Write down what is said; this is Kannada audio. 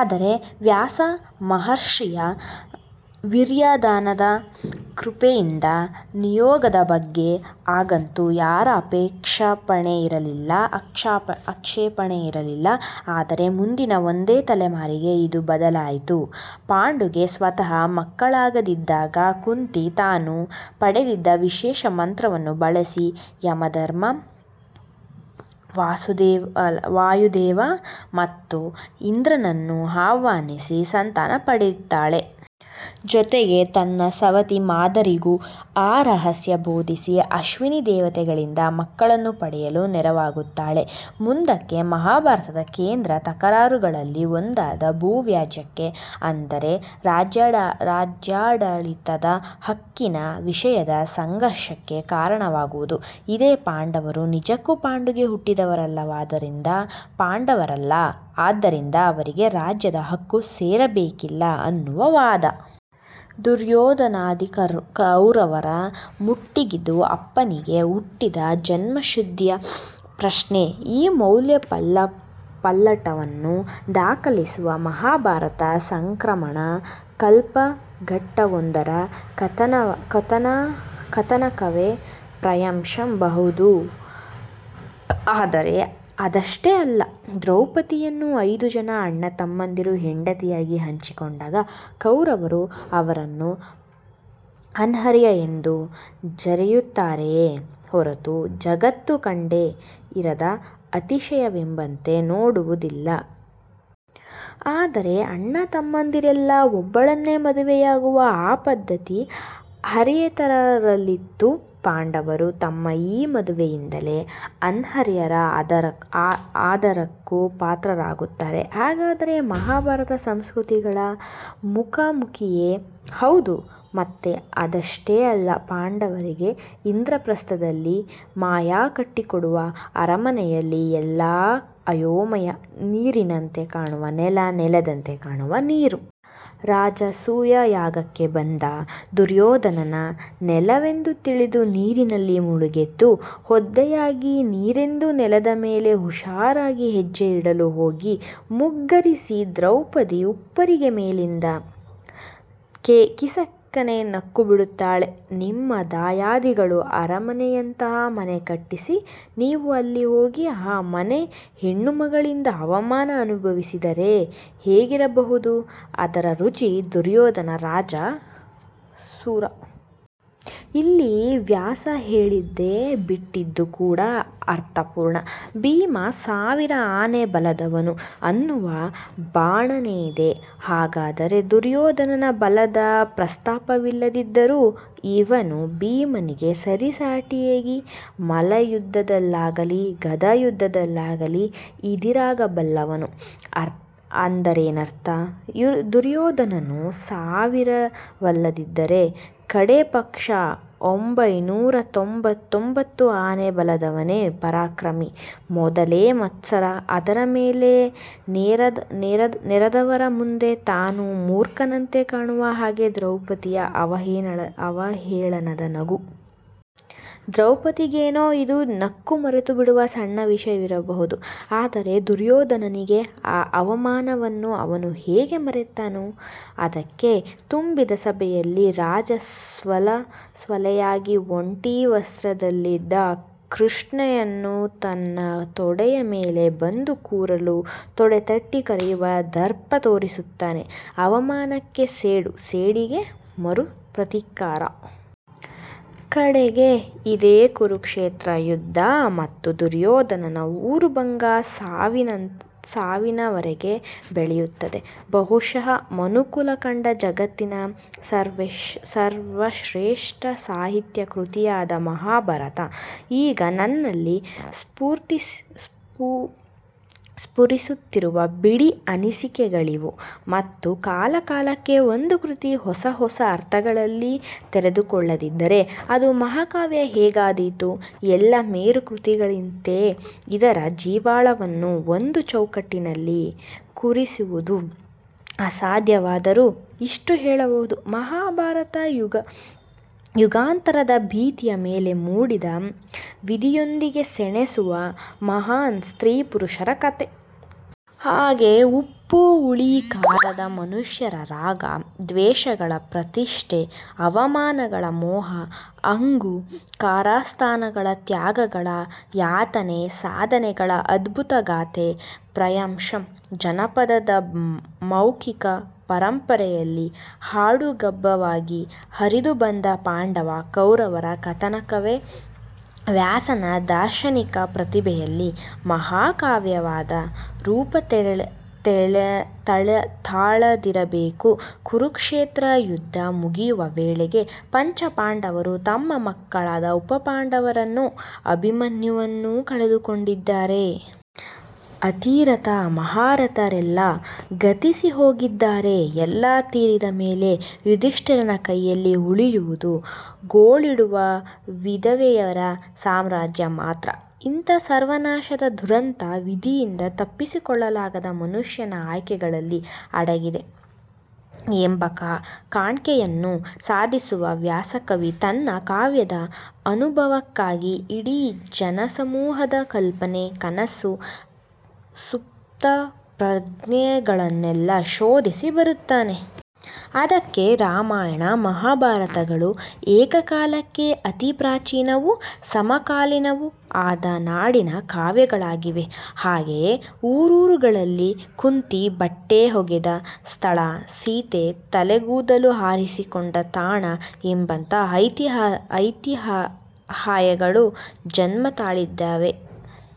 ಅಂದರೆ ವ್ಯಾಸ ಮಹರ್ಷಿಯ ವೀರ್ಯದಾನದ ಕೃಪೆಯಿಂದ. ನಿಯೋಗದ ಬಗ್ಗೆ ಆಗಂತೂ ಯಾರ ಆಕ್ಷೇಪಣೆ ಇರಲಿಲ್ಲ. ಆದರೆ, ಮುಂದಿನ ಒಂದೇ ತಲೆಮಾರಿಗೆ ಇದು ಬದಲಾಯಿತು. ಪಾಂಡುಗೆ ಸ್ವತಃ ಮಕ್ಕಳಾಗದಿದ್ದಾಗ ಕುಂತಿ ತಾನು ಪಡೆದಿದ್ದ ವಿಶೇಷ ಮಂತ್ರವನ್ನು ಬಳಸಿ ಯಮಧರ್ಮ, ವಾಯುದೇವ ಮತ್ತು ಇಂದ್ರರನ್ನು ಆಹ್ವಾನಿಸಿ ಸಂತಾನ ಪಡೆಯುತ್ತಾಳೆ. ಜೊತೆಗೆ ತನ್ನ ಸವತಿ ಮಾದ್ರಿಗೂ ಆ ರಹಸ್ಯ ಬೋಧಿಸಿ ಅಶ್ವಿನಿ ದೇವತೆಗಳಿಂದ ಮಕ್ಕಳನ್ನು ಪಡೆಯಲು ನೆರವಾಗುತ್ತಾಳೆ. ಮುಂದಕ್ಕೆ ಮಹಾಭಾರತದ ಕೇಂದ್ರ ತಕರಾರುಗಳಲ್ಲಿ ಒಂದಾದ ಭೂ ವ್ಯಾಜ್ಯಕ್ಕೆ- ಅಂದರೆ ರಾಜ್ಯಾಡಳಿತದ ಹಕ್ಕಿನ ವಿಷಯದ ಸಂಘರ್ಷಕ್ಕೆ ಕಾರಣವಾಗುವುದು ಇದೇ- ಪಾಂಡವರು ನಿಜಕ್ಕೂ ಪಾಂಡುಗೆ ಹುಟ್ಟಿದವರಲ್ಲವಾದ್ದರಿಂದ ಪಾಂಡವರಲ್ಲ. ಆದ್ದರಿಂದ ಅವರಿಗೆ ರಾಜ್ಯದ ಹಕ್ಕು ಸೇರಬೇಕಿಲ್ಲ ಅನ್ನುವ ವಾದ. ದುರ್ಯೊಧನಾದಿ ಕೌರವರ ಮಟ್ಟಿಗಿದು ಅಪ್ಪನಿಗೆ ಹುಟ್ಟಿದ ಜನ್ಮಶುದ್ಧಿಯ ಪ್ರಶ್ನೆ. ಈ ಮೌಲ್ಯಪಲ್ಲಟವನ್ನು ದಾಖಲಿಸುವ ಮಹಾಭಾರತ- ಸಂಕ್ರಮಣ ಕಾಲಘಟ್ಟವೊಂದರ ಕಥಾನಕವೇ? ಪ್ರಾಯಶಃ ಹೌದು ಆದರೆ ಅದಷ್ಟೇ ಅಲ್ಲ. ದ್ರೌಪದಿ ಯನ್ನು ಐದೂ ಜನ ಅಣ್ಣ ತಮ್ಮಂದಿರು ಹೆಂಡತಿಯಾಗಿ ಹಂಚಿಕೊಂಡಾಗ ಕೌರವರು ಅವರನ್ನು ಅನಾರ್ಯ ಎಂದು ಜರೆಯುತ್ತಾರೆಯೇ ಹೊರತು, ಜಗತ್ತು ಕಂಡೇ ಇರದ ಅತಿಶಯವೆಂಬಂತೆ ನೋಡುವುದಿಲ್ಲ. ಅಂದರೆ ಅಣ್ಣತಮ್ಮಂದಿರೆಲ್ಲ ಒಬ್ಬಳನ್ನೇ ಮದುವೆಯಾಗುವ ಆ ಪದ್ಧತಿ ಆರ್ಯೇತರರಲ್ಲಿತ್ತು. ಪಾಂಡವರು ತಮ್ಮ ಈ ಮದುವೆಯಿಂದಲೇ ಅನಾರ್ಯರ ಆದರಕ್ಕೂ ಪಾತ್ರರಾಗುತ್ತಾರೆ. ಹಾಗಾದರೆ ಮಹಾಭಾರತ- ಸಂಸ್ಕೃತಿಗಳ ಮುಖಾಮುಖಿಯೇ? ಹೌದು ಮತ್ತೆ ಅದಷ್ಟೇ ಅಲ್ಲ ಪಾಂಡವರಿಗೆ ಇಂದ್ರಪ್ರಸ್ಥದಲ್ಲಿ ಮಯ ಕಟ್ಟಿಕೊಡುವ ಅರಮನೆಯಲ್ಲಿ ಎಲ್ಲ ಅಯೋಮಯ. ನೀರಿನಂತೆ ಕಾಣುವ ನೆಲ, ನೆಲದಂತೆ ಕಾಣುವ ನೀರು. ರಾಜಸೂಯ ಯಾಗಕ್ಕೆ ಬಂದ ದುರ್ಯೋಧನನ ನೆಲವೆಂದು ತಿಳಿದು ನೀರಿನಲ್ಲಿ ಮುಳುಗೆದ್ದು ಒದ್ದೆಯಾಗಿ ನೀರೆಂದು ನೆಲದ ಮೇಲೆ ಹುಷಾರಾಗಿ ಹೆಜ್ಜೆಯಿಡಲು ಹೋಗಿ ಮುಗ್ಗರಿಸಿ ದ್ರೌಪದಿ ಉಪ್ಪರಿಗೆ ಮೇಲಿನಿಂದ ಕಿಸಕ್ಕನೆ ನಕ್ಕುಬಿಡುತ್ತಾಳೆ. ನಿಮ್ಮ ದಾಯಾದಿಗಳು ಅರಮನೆಯಂಥ ಮನೆ ಕಟ್ಟಿಸಿ, ನೀವು ಅಲ್ಲಿ ಹೋಗಿ ಆ ಮನೆ ಹೆಣ್ಣುಮಕ್ಕಳಿಂದ ಅವಮಾನ ಅನುಭವಿಸಿದರೆ ಹೇಗಿರಬಹುದು ಅದರ ರುಚಿ ದುರ್ಯೋಧನ ರಾಜ, ಶೂರ. ಇಲ್ಲಿ ವ್ಯಾಸ ಹೇಳದೇ ಬಿಟ್ಟಿದ್ದು ಕೂಡಾ ಅರ್ಥಪೂರ್ಣ. ಭೀಮ ಸಾವಿರ ಆನೆ ಬಲದವನು ಅನ್ನುವ ಬಣ್ಣನೆಯಿದೆ. ಹಾಗಾದರೆ ದುರ್ಯೋಧನನ ಬಲದ ಪ್ರಸ್ತಾಪವಿಲ್ಲದಿದ್ದರೂ- ಇವನು ಭೀಮನಿಗೆ ಸರಿಸಾಟಿಯಾಗಿ ಮಲ್ಲಯುದ್ಧದಲ್ಲಾಗಲೀ ಗಧಾಯುದ್ಧದಲ್ಲಾಗಲೀ ಇದಿರಾಗಬಲ್ಲವನು. ಅಂದರೇನರ್ಥ? ದುರ್ಯೋಧನನೂ ಸಾವಿರವಲ್ಲದಿದ್ದರೆ ಕಡೇ ಪಕ್ಷ ಒಂಭೈನೂರ ತೊಂಭತ್ತೊಂಭತ್ತು ಆನೆ ಬಲದವನೇ ಪರಾಕ್ರಮಿ. ಮೊದಲೇ ಮತ್ಸರ ಅದರ ಮೇಲೆ ನೆರೆದವರ ಮುಂದೆ ತಾನು ಮೂರ್ಖನಂತೆ ಕಾಣುವ ಹಾಗೆ ದ್ರೌಪದಿಯ ಅವಹೇಳನದ ನಗು. ದ್ರೌಪದಿಗೇನೋ ಇದು ನಕ್ಕು ಮರೆತುಬಿಡುವ ಸಣ್ಣ ವಿಷಯವಿರಬಹುದು. ಆದರೆ ದುರ್ಯೋಧನನಿಗೆ? ಈ ಅವಮಾನವನ್ನು ಅವನು ಹೇಗೆ ಮರೆತಾನು? ಅದಕ್ಕೇ ತುಂಬಿದ ಸಭೆಯಲ್ಲಿ ರಜಸ್ವಲೆಯಾಗಿ ಒಂಟಿ ವಸ್ತ್ರದಲ್ಲಿದ್ದ ಕೃಷ್ಣೆಯನ್ನು ತನ್ನ ತೊಡೆಯ ಮೇಲೆ ಬಂದು ಕೂರಲು ತೊಡೆ ತಟ್ಟಿ ಕರೆಯುವ ದರ್ಪ ತೋರುತ್ತಾನೆ. ಅವಮಾನಕ್ಕೆ ಸೇಡು, ಸೇಡಿಗೆ ಮರು ಪ್ರತೀಕಾರ. ಕಡೆಗೆ ಇದೇ ಕುರುಕ್ಷೇತ್ರ ಯುದ್ಧ ಮತ್ತು ದುರೋಧನನ ಊರುಭಂಗ- ಸಾವಿನವರೆಗೆ ಬೆಳೆಯುತ್ತದೆ. ಬಹುಶಃ ಮನುಕುಲ ಕಂಡ ಜಗತ್ತಿನ ಸರ್ವಶ್ರೇಷ್ಠ ಸಾಹಿತ್ಯಕೃತಿಯಾದ ಮಹಾಭಾರತ ಈಗ ನನ್ನಲ್ಲಿ ಸ್ಫುರಿಸುತ್ತಿರುವ ಬಿಡಿ ಅನಿಸಿಕೆಗಳಿವು. ಮತ್ತು ಕಾಲಕಾಲಕ್ಕೆ ಒಂದು ಕೃತಿ ಹೊಸ ಹೊಸ ಅರ್ಥಗಳಲ್ಲಿ ತೆರೆದುಕೊಳ್ಳದಿದ್ದರೆ ಅದು ಮಹಾಕಾವ್ಯ ಹೇಗಾದೀತು? ಎಲ್ಲ ಮೇರು ಕೃತಿಗಳಂತೆಯೇ, ಇದರ ಜೀವಾಳವನ್ನು ಒಂದು ಚೌಕಟ್ಟಿನಲ್ಲಿ ಕೂರಿಸುವುದು ಅಸಾಧ್ಯವಾದರೂ ಇಷ್ಟು ಹೇಳಬಹುದು: ಮಹಾಭಾರತ- ಯುಗಾಂತರದ ಭಿತ್ತಿಯ ಮೇಲೆ ಮೂಡಿದ- ವಿಧಿಯೊಂದಿಗೆ ಸೆಣೆಸುವ ಮಹಾನ್ ಸ್ತ್ರೀ ಪುರುಷರ ಕಥೆ. ಹಾಗೇ- ಉಪ್ಪು ಹುಳಿ ಖಾರದ ಮನುಷ್ಯರ ರಾಗ ದ್ವೇಷಗಳ, ಪ್ರತಿಷ್ಠೆ- ಅವಮಾನಗಳ, ಮೋಹ ಹಂಗು ಕಾರಸ್ಥಾನಗಳ, ತ್ಯಾಗಗಳ, ಯಾತನೆ- ಸಾಧನೆಗಳ ಅದ್ಭುತ ಗಾಥೆ. ಪ್ರಾಯಶಃ ಜಾನಪದದ ಮೌಖಿಕ ಪರಂಪರೆಯಲ್ಲಿ ಹಾಡುಗಬ್ಬವಾಗಿ ಹರಿದುಬಂದ ಪಾಂಡವ, ಕೌರವರ ಕಥಾನಕವೇ ವ್ಯಾಸನ ದಾರ್ಶನಿಕ ಪ್ರತಿಭೆಯಲ್ಲಿ ಮಹಾಕಾವ್ಯದ ರೂಪ ತಳೆದಿರಬೇಕು. ಕುರುಕ್ಷೇತ್ರ ಯುದ್ಧ ಮುಗಿಯುವ ವೇಳೆಗೆ ಪಂಚಪಾಂಡವರು ತಮ್ಮ ಮಕ್ಕಳಾದ ಉಪಪಾಂಡವರನ್ನು, ಅಭಿಮನ್ಯುವನ್ನು ಕಳೆದುಕೊಂಡಿದ್ದಾರೆ. ಅತಿರಥ ಮಹಾರಥರೆಲ್ಲ ಗತಿಸಿಹೋಗಿದ್ದಾರೆ ಎಲ್ಲ ತೀರಿದ ಮೇಲೆ ಯುಧಿಷ್ಠಿರನ ಕೈಯಲ್ಲಿ ಉಳಿಯುವುದು ಗೋಳಿಡುವ ವಿಧವೆಯರ ಸಾಮ್ರಾಜ್ಯ ಮಾತ್ರ. ಇಂಥ ಸರ್ವನಾಶದ ದುರಂತ- 'ವಿಧಿಯಿಂದ ತಪ್ಪಿಸಿಕೊಳ್ಳಲಾಗದ ಮನುಷ್ಯನ ಆಯ್ಕೆಗಳಲ್ಲೇ ಅಡಗಿದೆ' ಎಂಬ ಕಾಣ್ಕೆಯನ್ನು ಸಾಧಿಸುವ ವ್ಯಾಸಕವಿ- ತನ್ನ ಕಾವ್ಯದ ಅನುಭವಕ್ಕಾಗಿ ಇಡೀ ಜನಸಮೂಹದ ಕಲ್ಪನೆ, ಕನಸು, ಸುಪ್ತಪ್ರಜ್ಞೆಗಳನ್ನೆಲ್ಲ ಶೋಧಿಸಿ ಬರುತ್ತಾನೆ. ಅದಕ್ಕೇ ರಾಮಾಯಣ ಮಹಾಭಾರತಗಳು ಏಕಕಾಲಕ್ಕೆ ಅತಿ ಪ್ರಾಚೀನವೂ ಸಮಕಾಲೀನವೂ ಆದ ನಾಡಿನ ಕಾವ್ಯಗಳಾಗಿವೆ; ಹಾಗೆಯೇ ಊರೂರುಗಳಲ್ಲಿ ಕುಂತಿ ಬಟ್ಟೆ ಒಗೆದ ಸ್ಥಳ, ಸೀತೆ ತಲೆಗೂದಲು ಆರಿಸಿಕೊಂಡ ತಾಣ ಎಂಬಂಥ ಐತಿಹ್ಯಗಳು ಜನ್ಮ ತಳೆದಿವೆ.